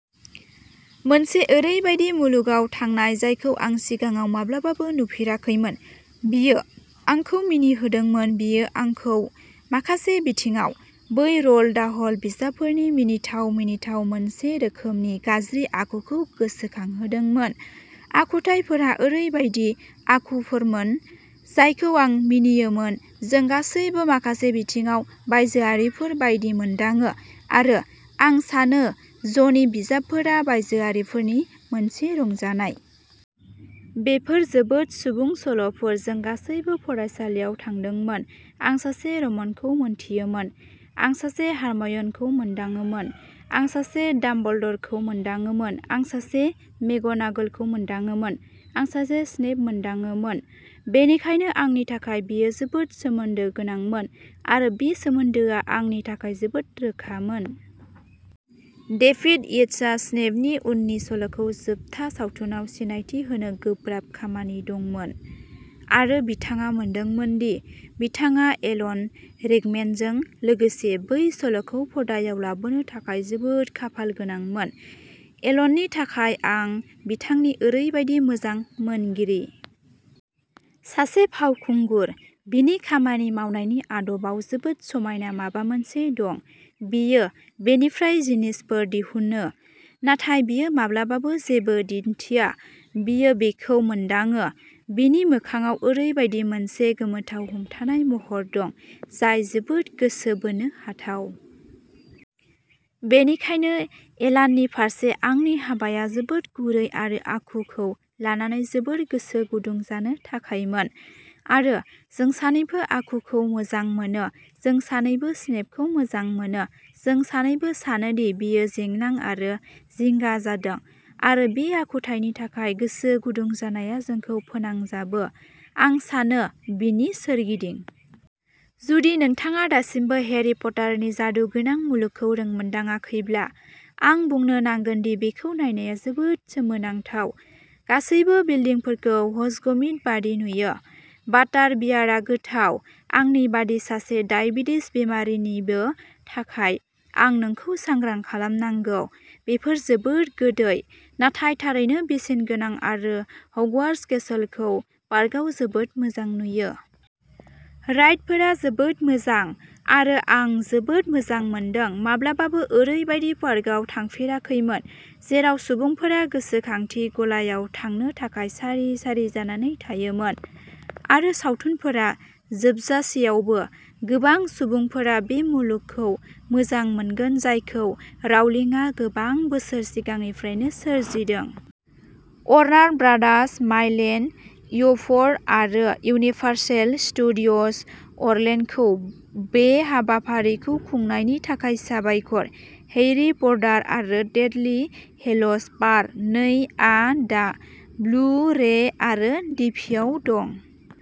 मोनसे ओरैबायदि मुलुगाव थांनाय जायखौ आं सिगाङाव माब्लाबाबो नुफेराखैमोन। बेयो आंखौ मिनिहोदोंमोन बेयो आंखौ माखासे बिथिङाव, बै र'ल्ड डाहल बिजाबफोरनि मिनिथाव, मिनिथाव, मोनसे रोखोमनि गाज्रि आखुखौ गोसोखांहोदोंमोन। आखुथाइफोरा ओरैबायदि आखुफोरमोन जायखौ आं मोनथियोमोन जों गासैबो माखासे बिथिङाव बायजोआरिफोर बायदि मोनदाङो, आरो आं सानो ज'नि बिजाबफोरा बायजोआरिफोरनि मोनसे रंजानाय। बेफोर जोबोद सुबुं सल'फोर। जों गासैबो फरायसालियाव थांदोंमोन। आं सासे र'नखौ मोनथियोमोन, आं सासे हारम'इनखौ मोनदाङोमोन, आं सासे डाम्बलडरखौ मोनदाङोमोन, आं सासे मेकग'नागलखौ मोनदाङोमोन, आं सासे स्नेपखौ मोनदाङोमोन। बेनिखायनो आंनि थाखाय बेयो जोबोद सोमोन्दो गोनांमोन, आरो बे सोमोन्दोआ आंनि थाखाय जोबोद रोखामोन। "डेभिड येट्सहा स्नेपनि उननि सल'खौ जोबथा सावथुनाव सिनायथि होनो गोब्राब खामानि दंमोन, आरो बिथाङा मोनदोंमोन दि बिथाङा एलन रिकमेनजों लोगोसे बै सल'खौ पर्दायाव लाबोनो थाखाय जोबोद खाफालगोनांमोन एलननि थाखाय, आं बिथांनि ओरैबादि मोजां मोनगिरि। सासे फावखुंगुर। बिनि खामानि मावनायनि आदबआव जोबोद समायना माबा मोनसे दं। बियो बेनिफ्राय जिनिसफोर दिहुनो, नाथाय बियो माब्लाबाबो जेबो दिन्थिया, बियो बेखौ मोनदाङो। बिनि मोखांआव ओरैबायदि मोनसे गोमोथाव हमथानाय महर दं, जाय जोबोद गोसो बोनो हाथाव। बेनिखायनो एलाननि फारसे आंनि हाबाया जोबोद गुरै आरो आखुखौ लानानै जोबोद गोसो गुदुं जानो थाखायमोन। आरो जों सानैबो आखुखौ मोजां मोनो। जों सानैबो स्नेपखौ मोजां मोनो, जों सानैबो सानो दि बियो जेन्नां आरो जिंगा जादों, आरो बे आखुथायनि थाखाय गोसो गुदुं जानाया जोंखौ फोनांजाबो, आं सानो, बिनि सोरगिदिं। "जुदि नोंथाङा दासिमबो हेरी पटारनि जादुगोनां मुलुगखौ रोंमोन्दाङाखैब्ला, आं बुंनो नांगोन दि बेखौ नायनाया जोबोद सोमोनांथाव। गासैबो बिल्दिंफोरखौ हग्समीड बायदि नुयो, बाटारबियारआ गोथाव, आंनि बायदि सासे दाइबेटिस बेरामिनिबो थाखाय आं नोंखौ सांग्रां खालामनांगौ, बेफोर जोबोद गोदै, नाथाय थारैनो बेसेनगोनां आरो हगवार्ट्स केसलखौ पार्कआव जोबोद मोजां नुयो। राइडफोरा जोबोद मोजां, आरो आं जोबोद मोजां मोनदों। माब्लाबाबो ओरैबायदि पार्कआव थाफेराखैमोन जेराव सुबुंफोरा गोसोखांथि गलायाव थांनो थाखाय सारि सारि जानानै थायोमोन। आरो सावथुनफोरा जोबजासेयावबो, गोबां सुबुंफोरा बे मुलुगखौ मोजां मोनगोन जायखौ राउलिंआ गोबां बोसोर सिगांनिफ्राय सोरजिदों। Warner Brothers, Mae Lane Buford, आरो इउनिभार्सेल स्टुडिय'ज अरलेन्ड'खौ बे हाबाफारिखौ खुंनायनि थाखाय साबायखर। हैरी पटार आरो डेथलि हेल'ज पार्ट नै आ दा ब्लु रे आरो डिभिडियाव दं।